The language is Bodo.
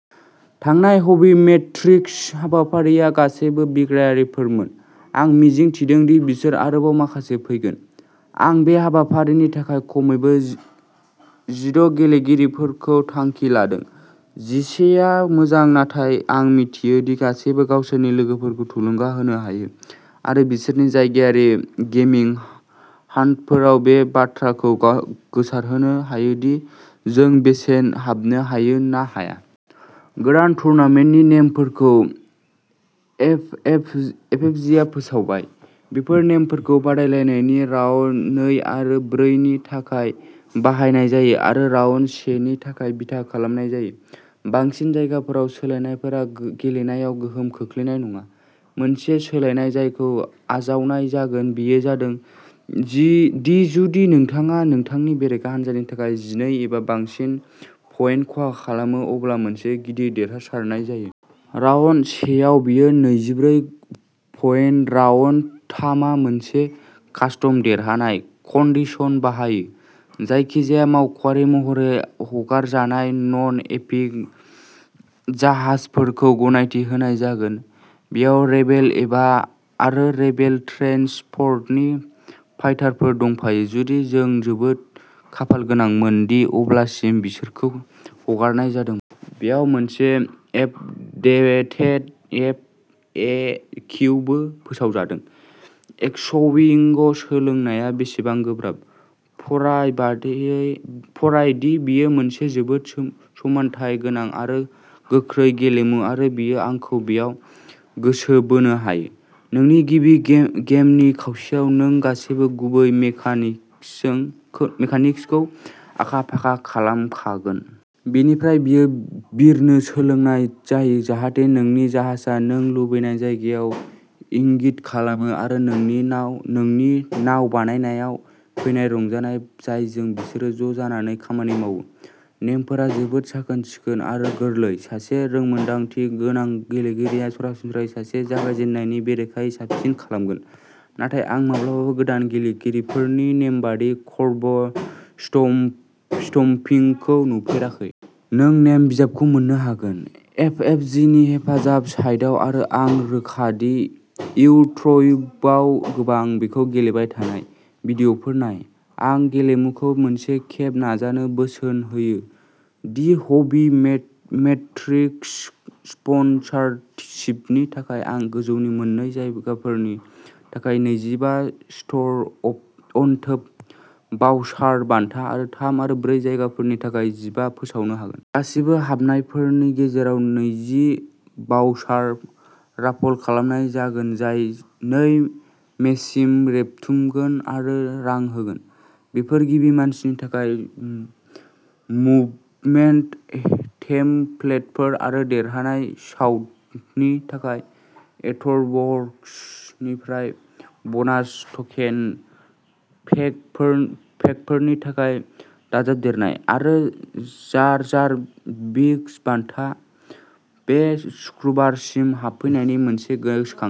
थांनाय ह'बि मेट्रिक्सनि हाबाफारिया गासैबो बिग्रायारिफोरमोन, आं मिजिं थिदों दि बिसोर आरोबाव माखासे फैगोन। आं बे हाबाफारिनि थाखाय खमैबो जिद' गेलेगिरिफोरखौ थांखि लादों। जिसे आ मोजां नाथाय आं मिथियो दि गासैबो गावसोरनि लोगोफोरखौ थुलुंगा होनो हायो आरो बिसोरनि जायगायारि गेमिं हान्टफोराव बे बाथ्राखौ गोसारहोनो हायो दि जों बांसिन हाबनो हायो ना हाया। गोदान टुर्नामेन्टनि नेमफोरखौ एफएफजीआ फोसावबाय। बेफोर नेमफोरखौ बादायलायनायनि राउन्ड नै आरो ब्रै नि थाखाय बाहायनाय जायो आरो राउन्ड से नि थाखाय बिथा खालामनाय जायो। बांसिन जाथायफोराव सोलायनायफोरा गेलेनायाव गोहोम खोख्लैनाय नङा। मोनसे सोलायनाय जायखौ आजावनाय जागोन बेयो जादों दि जुदि नोंथाङा नोंथांनि बेरेखा हान्जानि थाखाय जिनै एबा बांसिन पइन्ट खहा खालामो अब्ला मोनसे गिदिर देरहासारनाय जायो। राउन्ड से आव बेयो नैजिब्रै पइन्ट। राउन्ड थाम आ मोनसे कास्टम देरहानाय कन्डिशन बाहायो। जायखिजाया मावख'आरि महरै हगारजानाय नन-एपिक जाहाजफोरखौ गनायथि होनाय जागोन। बेयाव रेबेल एस आरो रेबेल ट्रेन्सपर्टनि फाइटारफोर दंफायो, जुदि जों जोबोद खाफालगोनांमोन दि अब्लासिम बिसोरखौ हगारनाय जादोंमोन। बेयाव मोनसे आपडेटेड एफ ए किउबो फोसावजादों। एक्सविंग सोलोंनाया बेसेबां गोब्राब? फराय दि बेयो मोनसे जोबोद समानथाय गोनां आरो गोख्रै गेलेमु आरो बेयो आंखौ बेयाव गोसो बोनो हायो। नोंनि गिबि गेमनि खावसेयाव नों गासैबो गुबै मेकानिक्सखौ आखा-फाखा खालामखागोन। बेनिफ्राय बेयो बिरनो सोलोंनाय जायो जाहाथे नोंनि जाहाजआ नों लुबैनाय जायगायाव इंगित खालामो आरो नोंनि नाव बानायनायाव फैनाय रंजानाय जायजों बिसोरो ज'जानानै खामानि मावो। नेमफोरा जोबोद साखोन-सिखोन आरो गोरलै। सासे रोंमोनदांथि गोनां गेलेगिरिया सरासनस्रायै सासे जागायजेन्नायनि बेरेखायै साबसिन खालामगोन नाथाय आं माब्लाबाबो गोदान गेलेगिरिफोरनि नेमबादि कर्ब स्टम्पिंखौ नुफेराखै। नों नेम बिजाबखौ मोन्नो हागोन। एफएफजीनि हेफाजाब साइटआव आरो आं रोखा दि इउट्युबआव गोबां बेखौ गेलेबाय थानाय भिडिय'फोर नाय। आं गेलेमुखौ मोनसे खेब नाजानो बोसोन होयो। दि हबी मेट्रिक्स स्पनसरशिपनि थाखाय आं गोजौनि मोन्नै जायगाफोरनि थाखाय नैजिबा स्ट'र अनथोब भाउचार बान्था आरो थाम आरो ब्रै जायगाफोरनि थाखाय जिबा फोसावनो हागोन। गासिबो हाबनायफोरनि गेजेराव नैजि भाउचार राफल खालामनाय जागोन जाय नै मेसिम रेबथुमगोन आरो रां होगोन। बेफोर गिबि मासिनि थाखाय मुभमेन्ट टेमप्लेटफोर आरो देरहानाय साइडनि थाखाय एथरवर्क्सनिफ्राय ब'नास टकेन पेकफोरनि थाखाय दाजाबदेरनाय। आरो जार जार बिंक्स बान्था। बे सुक्रुबार सिम हाबफैनायनि मोनसे गोसोखांथि।